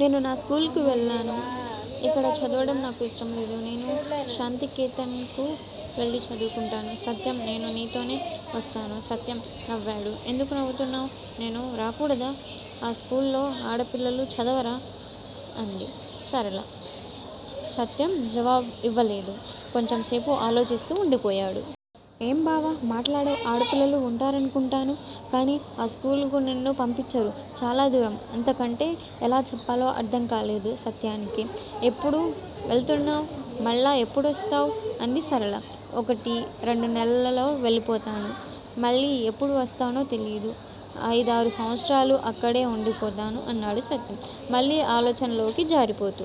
నేను నా స్కూలుకు వెళ్ళను. ఇక్కడ చదవటం నాకు ఇష్టంలేదు. నేను శాంతికేతన్ కు వెళ్ళి చదువుకుంటాను. సత్యం నేనూ నీతోనే వస్తాను. సత్యం నవ్వాడు. ఎందుకు నవ్వుతావు? నేను రాకూడదా! ఆ స్కూల్లో ఆడపిల్లలు చదవరా? అంది సరళ. సత్యం జవాబివ్వలేదు. కొంచెంసేపు ఆలోచిస్తూ ఉండిపోయాడు. ఏం బావా మాట్లాడవు! ఆడపిల్లలు ఉంటారనుకుంటాను. కాని ఆ స్కూలుకు నిన్ను పంపించరు. చాలా దూరం- అంతకంటే ఎలా చెప్పాలో అర్ధంకాలేదు సత్యానికి. ఎప్పుడు వెళుతున్నావు? మళ్ళా ఎప్పుడొస్తావు? అంది సరళ. ఒకటి రెండు నెలల్లో వెళ్ళిపోతాను. మళ్ళీ ఎప్పుడు వస్తానో తెలియదు. అయిదారు సంవత్సరాలు అక్కడే ఉండిపోతాను అన్నాడు సత్యం మళ్ళీ ఆలోచనల్లోకి జారిపోతూ.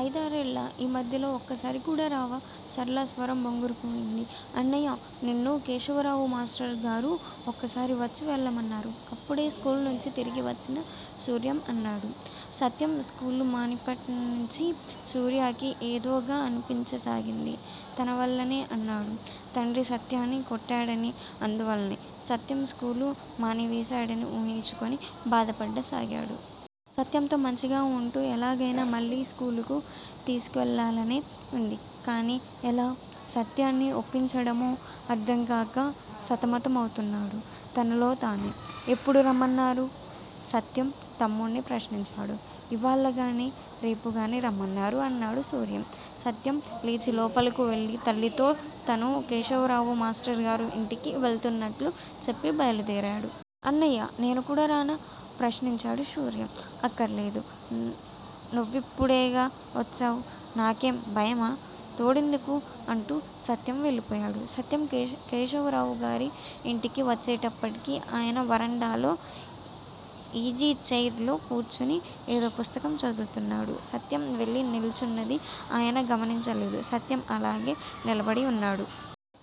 అయిదారేళ్ళా! ఈ మధ్యలో ఒక్కసారికూడా రావా? సరళ స్వరం బొంగురుపోయింది. అన్నయ్యా! నిన్ను కేశవరావు మాష్టరుగారు ఒకసారి వచ్చి వెళ్ళమన్నారు. అప్పుడే స్కూలునుంచి తిరిగివచ్చిన సూర్యం అన్నాడు. సత్యం స్కూలు మానినప్పటినుంచి సూర్యాకి ఏదోగా అనిపించసాగింది. తనవల్లనే ఆనాడు తండ్రి సత్యాన్ని కొట్టాడనీ, అందువల్లనే సత్యం స్కూలు మానివేశాడని ఊహించుకొని బాధపడ్డసాగాడు. సత్యంతో మంచిగా ఉంటూ ఎలాగయినా మళ్ళీ స్కూలుకు తీసుకెళ్ళాలనే వుంది కాని యెలా సత్యాన్ని ఒప్పించడమో అర్ధంకాక సతమతమవుతున్నాడు తనలో తనే. ఎప్పుడు రమ్మన్నారు? సత్యం తమ్ముణ్ణి ప్రశ్నించాడు. ఇవ్వాళగానీ రేపుగానీ రమ్మన్నారు అన్నాడు సూర్యం. సత్యం లేచి లోపలకు వెళ్ళి తల్లితో తను కేశవరావు మాష్టరుగారి ఇంటికి వెళుతున్నట్లు చెప్పి బయలుదేరాడు. అన్నయ్యా! నేనుకూడా రానా? ప్రశ్నించాడు సూర్యం. అక్కర్లేదు, నువ్విప్పుడేగా వచ్చావు? నాకేం భయమా? తోడెందుకూ? అంటూ సత్యం వెళ్ళిపోయాడు. సత్యం కేశ కేశవరావుగారి ఇంటికి వచ్చేప్పటికి ఆయన వరండాలో ఈజీచైర్ లో కూర్చొని ఏదో పుస్తకం చదువుతున్నాడు. సత్యం వెళ్ళి నిల్చున్నది ఆయన గమనించలేదు. సత్యం అలాగే నిలబడి ఉన్నాడు.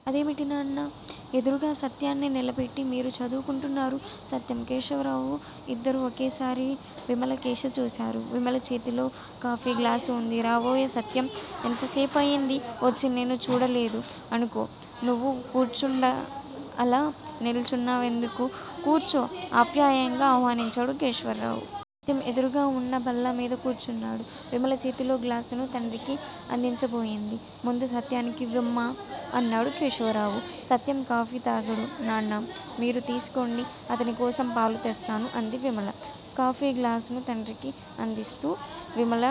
అదేమిటి నాన్నా! ఎదురుగా సత్యాన్ని నిలబెట్టి మీరు చదువుకుంటున్నారు? సత్యం, కేశవరావూ ఇద్దరూ ఒకేసారి విమలకేసి చూశారు. విమల చేతిలో కాఫీగ్లాసు ఉంది. రావోయ్ సత్యం! యెంతసేపయింది వచ్చి? నేను చూడలేదు అనుకో! నువ్వు కూర్చుండా అలా నిల్చున్నా వెందుకు? కూర్చో ఆప్యాయంగా ఆహ్వానించాడు కేశవరావు. సత్యం యెదురుగా ఉన్న బల్లమీద కూర్చున్నాడు. విమల చేతిలో గ్లాసును తండ్రికి అందించబోయింది. ముందు సత్యానికి ఇవ్వమ్మా! అన్నాడు కేశవరావు. సత్యం కాఫీ తాగడు నాన్నా! మీరు తీసుకోండి. అతనికోసం పాలు తెస్తాను అంది విమల కాఫీగ్లాసును తండ్రికి అందిస్తూ. విమల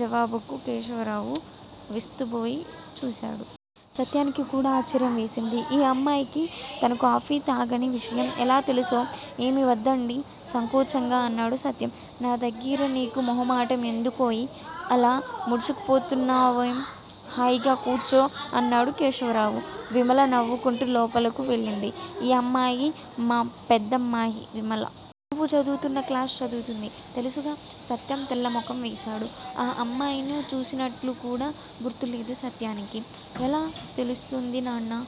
జవాబుకు కేశవరావు విస్తుబోయి చూశాడు. సత్యానికి కూడా ఆశ్చర్యం వేసింది. ఈ అమ్మాయికి తను కాఫీ తాగని విషయం యెలా తెలుసో! ఏమీ వద్దండీ! సంకోచంగా అన్నాడు సత్యం. నా దగ్గిర నీకు మొహమాటం ఎందుకోయ్! అలా ముడుచుకుపోతావేం? హాయిగా కూర్చో! అన్నాడు కేశవరావు. విమల నవ్వుకుంటూ లోపలకు వెళ్ళింది. ఈ అమ్మాయి మా పెద్దమ్మాయి విమల. నువ్వు చదువుతున్న క్లాస్ చదువుతుంది. తెలుసుగా? సత్యం తెల్లముఖం వేశాడు. ఆ అమ్మాయిని చూసినట్లుకూడా గుర్తులేదు. సత్యానికి యెలా తెలుస్తుంది నాన్నా?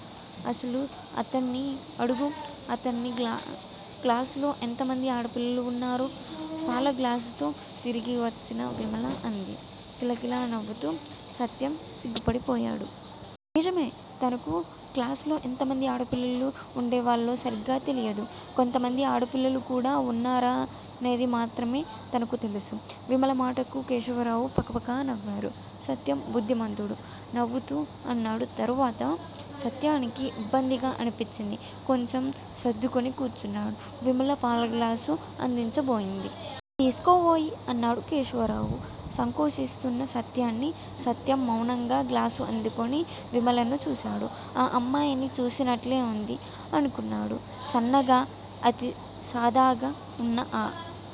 అసలు అతన్ని అడుగు, అతని క్లాసులో ఎంతమంది ఆడపిల్లలు ఉన్నారో! పాలగ్లాసుతో తిరిగి వచ్చిన విమల అంది కిలకిల నవ్వుతూ. సత్యం సిగ్గుపడిపోయాడు. నిజమే! తనకు తన క్లాసులో ఎంతమంది ఆడపిల్లలు ఉండేవాళ్ళో సరిగ్గా తెలియదు. కొంతమంది ఆడపిల్లలుకూడా ఉన్నారనేదిమాత్రమే తనకు తెలుసు. విమల మాటలకు కేశవరావు పకపక నవ్వారు. సత్యం బుద్ధిమంతుడు! నవ్వుతూ అన్నాడు తర్వాత. సత్యానికి ఇబ్బందిగా అనిపించింది. కొంచెం సర్దుకొని కూర్చున్నాడు. విమల పాలగ్లాసు అందించబోయింది. తీసుకోవోయ్! అన్నాడు కేశవరావు సంకోచిస్తున్న సత్యాన్ని. సత్యం మౌనంగా గ్లాసు అందుకొని విమలను చూశాడు. ఆ అమ్మాయిని చూసినట్లే ఉంది అనుకున్నాడు. సన్నగా, అతి సాదాగా ఉన్న ఆ